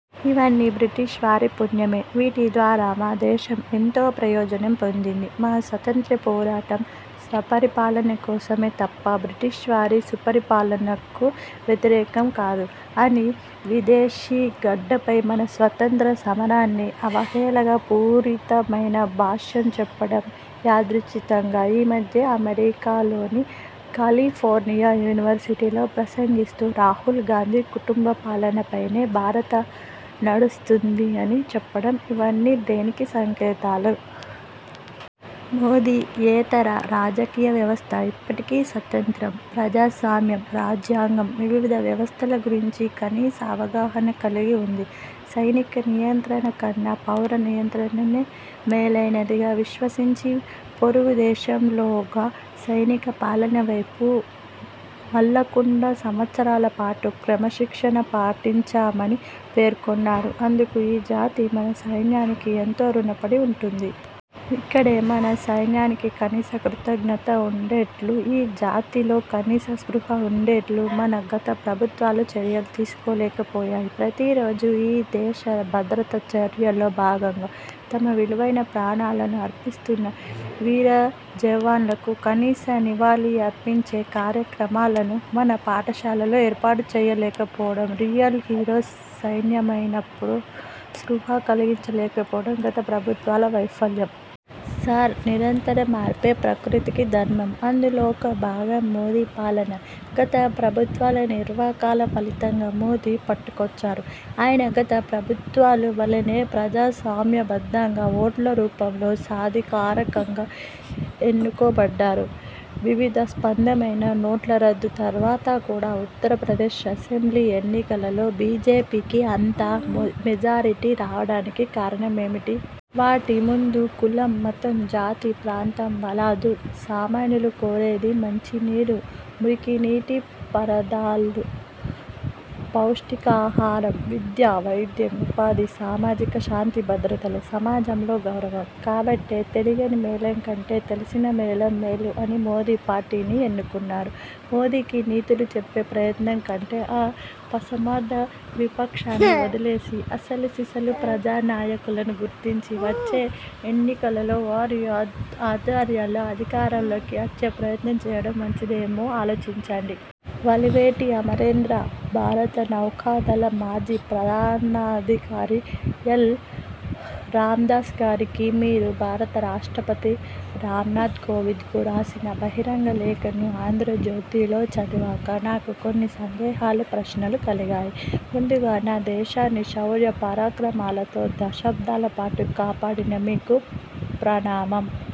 ఇవన్నీ బ్రిటిష్ వారి పుణ్యమే. వీటి ద్వారా మా దేశం ఎంతో ప్రయోజనం పొందింది. మా స్వాతంత్ర్య పోరాటం స్వపరిపాలన కోసమే తప్ప బ్రిటిష్వారి సుపరిపాలనకు వ్యతిరేకం కాదు'' అని విదేశీగడ్డపై మన స్వాతంత్ర్య సమరానికి అవహేళన పూరితమైన భాష్యం చెప్పడం, యాదృచ్ఛికంగా ఈమధ్యే అమెరికాలోని కాలిఫోర్నియా యూనివర్సిటీలో ప్రసంగిస్తూ రాహుల్ గాంధీ కుటుంబపాలన పైనే భారత్ నడుస్తోంది అని చెప్పడం ఇవన్నీ దేనికి సంకేతాలు? మోదీయేతర రాజకీయవ్యవస్థ ఇప్పటికీ స్వాతంత్య్రం, ప్రజాస్వామ్యం, రాజ్యాంగం, వివిధ వ్యవస్థలు గురించి కనీస అవగాహన కలిగి ఉందా? సైనిక నియంత్రణకన్నా పౌర నియంత్రణే మేలైనదిగా విశ్వసించి పొరుగు దేశంలోలాగా సైనిక పాలన వైపు మళ్లకుండా సంవత్సరాలపాటు క్రమశిక్షణ పాటించామని పేర్కొన్నారు. అందుకు ఈ జాతి మన సైన్యానికి ఎంతో రుణపడి ఉంటుంది. ఇక్కడే మన సైన్యానికి కనీస కృతజ్ఞతగా ఉండేట్లు ఈ జాతిలో కనీస స్పృహ ఉండేట్లు మన గత ప్రభుత్వాలు చర్యలు తీసుకోలేకపోయాయి. ప్రతి రోజూ ఈ దేశ భద్రత చర్యల్లో భాగంగా తమ విలువైన ప్రాణాలను అర్పిస్తున్న వీర జవాన్లకు కనీస నివాళి అర్పించే కార్యక్రమాలను మన పాఠశాలల్లో ఏర్పాటు చేయకపోవడం, రియల్ హీరోస్ సైన్యమేనన్న స్పృహ కలిగించకపోవడం గత ప్రభుత్వాల వైఫల్యం. సర్, నిరంతర మార్పే ప్రకృతి ధర్మం. అందులో ఒక భాగం మోదీ పాలన. గత ప్రభుత్వాల నిర్వాకాల ఫలితంగా మోదీ పుట్టుకొచ్చారు. ఆయన గత ప్రభుత్వాలు వలెనే ప్రజాస్వామ్యబద్ధంగా ఓట్ల రూపంలో సాధికారికంగా ఎన్నుకో బడ్డారు. వివాదాస్పదమైన నోట్లరద్దు తర్వాత కూడా ఉత్తరప్రదేశ్ అసెంబ్లీ ఎన్నికలలో బీజేపీకి అంత మెజారిటీ రావడానికి కారణమేంటి? వాటి ముందు కులం, మతం, జాతి, ప్రాంతం బలాదూర్. సామాన్యులు కోరేది మంచినీరు, మురికినీటి పారదాల, పౌష్టికాహారం, విద్య, వైద్యం, ఉపాధి, సామాజిక శాంతి భద్రతలు, సమాజంలో గౌరవం. కాబట్టే తెలియని మేళం కంటే తెలిసిన మేళం మేలు అని మోదీ పార్టీని ఎన్నుకున్నారు. మోదీకి నీతులు చెప్పే ప్రయత్నం కంటే ఈ అసమర్థ విపక్షాల్ని వదిలేసి అసలు సిసలు ప్రజానాయకులను గుర్తించి వచ్చే ఎన్నికలలో వారి ఆధ్వర్యంలో అధికారంలోకి వచ్చే ప్రయత్నం చేయడం మంచిదేమో, ఆలోచించండి. వలివేటి అమరేంద్ర భారత నౌకాదళ మాజీ ప్రధానాధికారి ఎల్. రామ్దాస్ గారికి, మీరు భారత రాష్ట్రపతి రామ్నాథ్ కోవింద్కు రాసిన బహిరంగ లేఖను ఆంధ్రజ్యోతిలో చదివాక నాకు కొన్ని సందేహాలు, ప్రశ్నలు కలిగాయి. ముందుగా నా దేశాన్ని శౌర్య పరాక్రమాలతో దశాబ్దాలపాటు కాపాడిన మీకు ప్రణామం.